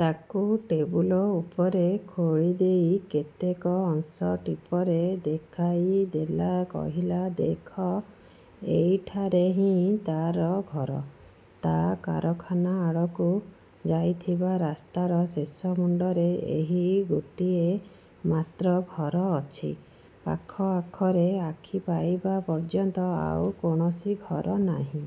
ତାକୁ ଟେବୁଲ ଉପରେ ଖୋଳିଦେଇ କେତେକ ଅଂଶ ଟିପରେ ଦେଖାଇଦେଲା। କହିଲା, ''ଦେଖ, ଏଇଠାରେ ହିଁ ତାର ଘର। ତା କାରଖାନା ଆଡ଼କୁ ଯାଇଥିବା ରାସ୍ତାର ଶେଷମୁଣ୍ଡରେ ଏହି ଗୋଟିଏ ମାତ୍ର ଘର ଅଛି। ପାଖଆଖରେ ଆଖି ପାଇବା ପର୍ଯ୍ୟନ୍ତ ଆଉ କୌଣସି ଘର ନାହିଁ।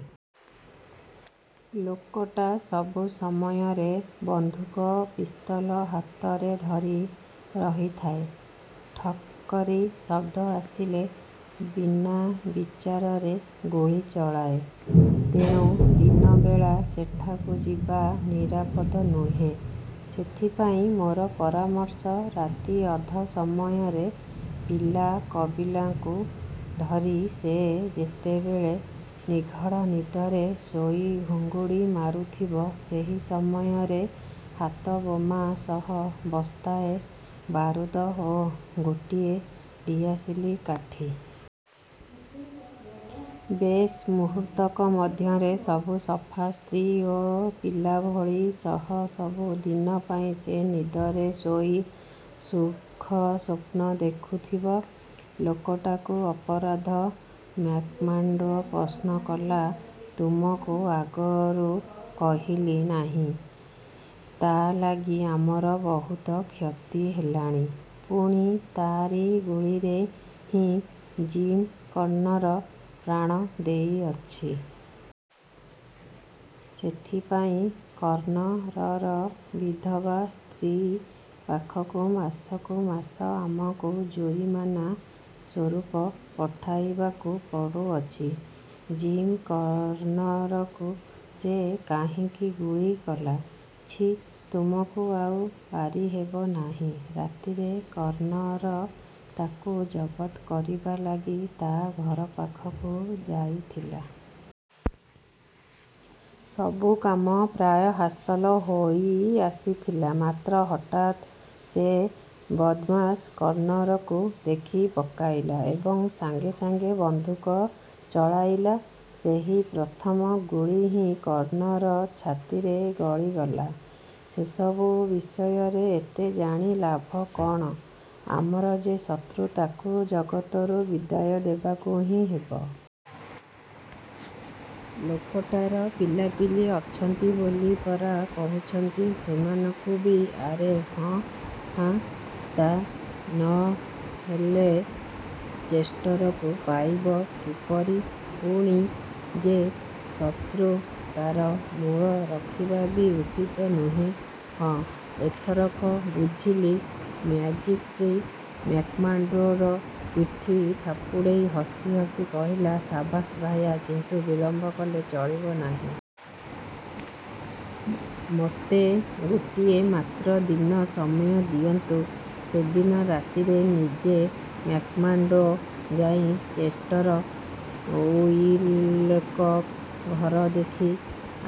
ଲୋକଟା ସବୁ ସମୟରେ ବନ୍ଧୁକ ପିସ୍ତଲ ହାତରେ ଧରି ରହିଥାଏ। ଠକ୍ କରି ଶବ୍ଦ ଆସିଲେ ବିନାବିଚାରରେ ଗୁଳି ଚଳାଏ। ତେଣୁ ଦିନବେଳା ସେଠାକୁ ଯିବା ନିରାପଦ ନୁହେଁ। ସେଥିପାଇଁ ମୋର ପରାମର୍ଶ, ରାତି ଅଧ ସମୟରେ, ପିଲା କବିଲାଙ୍କୁ ଧରି ସେ ଯେତେବେଳେ ନିଘଢ଼ ନିଦରେ ଶୋଇ ଘୁଙ୍ଗୁଡ଼ି ମାରୁଥିବ, ସେହି ସମୟରେ ହାତବୋମା ସହ ବସ୍ତାଏ ବାରୁଦ ଓ ଗୋଟିଏ ଡିଆସିଲି କାଠି। ବେଶ୍, ମୁହୂର୍ତ୍ତକ ମଧ୍ୟରେ ସବୁ ସଫା। ସ୍ତ୍ରୀ ଓ ପିଲାଭଳି ସହ ସବୁ ଦିନ ପାଇଁ ସେ ନିଦରେ ଶୋଇ ସୁଖସ୍ୱପ୍ନ ଦେଖୁଥିବ। '' ''ଲୋକଟାର ଅପରାଧ? '' -ମ୍ୟାକ୍ମାର୍ଡ଼ୋ ପ୍ରଶ୍ନ କଲା। ''ତୁମକୁ ଆଗରୁ କହିଲି ନାହିଁ-ତା ଲାଗି ଆମର ବହୁତ କ୍ଷତି ହେଲାଣି; ପୁଣି ତାରି ଗୁଳିରେ ହିଁ ଜିମ୍ କର୍ଣ୍ଣର ପ୍ରାଣ ଦେଇଅଛି। ସେଥିପାଇଁ କର୍ଣ୍ଣରର ବିଧବା ସ୍ତ୍ରୀ ପାଖକୁ ମାସକୁ ମାସ ଆମଙ୍କୁ ଜୋରିମାନା ସ୍ୱରୂପ ପଠାଇବାକୁ ପଡ଼ୁଅଛି। '' ''ଜିମ୍ କର୍ଣ୍ଣରକୁ ସେ କାହିଁକି ଗୁଳି କଲା? '' ''ଛିଃ, ତୁମକୁ ଆଉ ପାରିହେବ ନାହିଁ। ରାତିରେ କର୍ଣ୍ଣର ତାକୁ ଜବତ୍ କରିବା ଲାଗି ତା ଘରପାଖକୁ ଯାଇଥିଲା। ସବୁ କାମ ପ୍ରାୟ ହାସଲ ହୋଇଆସିଥିଲା। ମାତ୍ର ହଠାତ୍ ସେ ବଦ୍ମାସ କର୍ଣ୍ଣରକୁ ଦେଖି ପକାଇଲା ଏବଂ ସାଙ୍ଗେସାଙ୍ଗେ ବନ୍ଧୁକ ଚଳାଇଲା। ସେହି ପ୍ରଥମ ଗୁଳି ହିଁ କର୍ଣ୍ଣର ଛାତିରେ ଗଳିଗଲା। ସେସବୁ ବିଷୟରେ ଏତେ ଜାଣି ଲାଭ କଅଣ? ଆମର ଯେ ଶତ୍ରୁ, ତାକୁ ଜଗତରୁ ବିଦାୟ ଦେବାକୁ ହିଁ ହେବ। '' ''ଲୋକଟାର ପିଲାପିଲି ଅଛନ୍ତି ବୋଲି ପରା କହୁଛନ୍ତି? ସେମାନଙ୍କୁ ବି '' ''ଆରେ ହଁ, ହଁ। ତା ନ ହେଲେ ଚେଷ୍ଟରକୁ ପାଇବ କିପରି? ପୁଣି ଯେ ଶତ୍ରୁ, ତାର ମୂଳ ରଖିବା ବି ଉଚିତ ନୁହେଁ। '' ''ହଁ, ଏଥରକ ବୁଝିଲି। '' ମ୍ୟାକ୍ଜିଣ୍ଟି ମ୍ୟାକ୍ମାର୍ଡ଼ୋର ପିଠି ଥାପୁଡ଼େଇ ହସିହସି କହିଲା, ''ସାବାସ୍ ଭାୟା; କିନ୍ତୁ ବିଳମ୍ବ କଲେ ଚଳିବ ନାହିଁ। '' ''ମୋତେ ଗୋଟିଏ ମାତ୍ର ଦିନ ସମୟ ଦିଅନ୍ତୁ। '' ସେଦିନ ରାତିରେ ନିଜେ ମ୍ୟାକ୍ମାର୍ଡ଼ୋ ଯାଇ ଚେଷ୍ଟର ଉଇଲକକ୍ ଘର ଦେଖି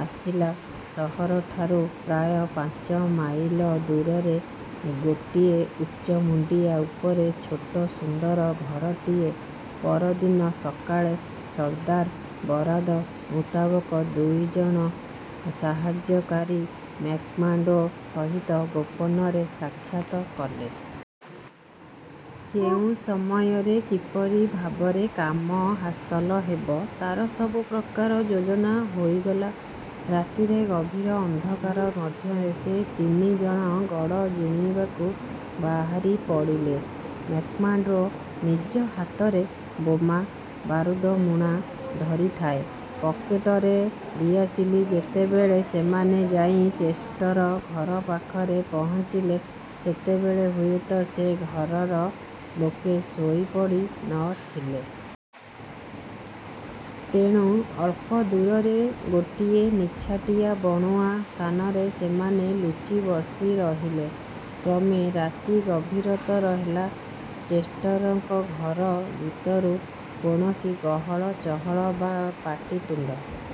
ଆସିଲା-। ସହରଠାରୁ ପ୍ରାୟ ପାଞ୍ଚମାଇଲ ଦୂରରେ ଗୋଟାଏ ଉଚ୍ଚ ମୁଣ୍ଡିଆ ଉପରେ ଛୋଟ ସୁନ୍ଦର ଘରଟିଏ-। ପର ଦିନ ସକାଳେ ସର୍ଦ୍ଦାର ବରାଦ ମୁତାବକ ଦୁଇ ଜଣ ସାହାଯ୍ୟକାରୀ ମ୍ୟାକ୍ମାର୍ଡ଼ୋ ସହିତ ଗୋପନରେ ସାକ୍ଷାତ କଲେ। କେଉଁ ସମୟରେ କିପରି ଭାବରେ କାମ ହାସଲ ହେବ, ତାର ସବୁ ପ୍ରକାର ଯୋଜନା ହୋଇଗଲା। ରାତିରେ ଗଭୀର ଅନ୍ଧକାର ମଧ୍ୟରେ ସେ ତିନି ଜଣ ଗଡ଼ ଜିଣିବାକୁ ବାହାରିପଡ଼ିଲେ। ମ୍ୟାକ୍ମାର୍ଡ଼ୋ ନିଜ ହାତରେ ବୋମା, ବାରୁଦମୁଣା ଧରିଥାଏ। ପକେଟରେ ଡିଆସିଲି। ଯେତେବେଳେ ସେମାନେ। ଯାଇ ଚେଷ୍ଟର ଘର ପାଖରେ ପହଞ୍ଚିଲେ, ସେତେବେଳେ ହୁଏ ତ ସେ ଘରର ଲୋକେ ଶୋଇପଡ଼ି ନ ଥିଲେ। ତେଣୁ ଅଳ୍ପ ଦୂରରେ ଗୋଟାଏ ନିଛାଟିଆ ବଣୁଆ ସ୍ଥାନରେ ସେମାନେ ଲୁଚି ବସିରହିଲେ। କ୍ରମେ ରାତି ଗଭୀରତର ହେଲା। ଚେଷ୍ଟରଙ୍କ ଘର ଭିତରୁ କୌଣସି ଗହଳ ଚହଳ ବା ପାଟିତୁଣ୍ଡ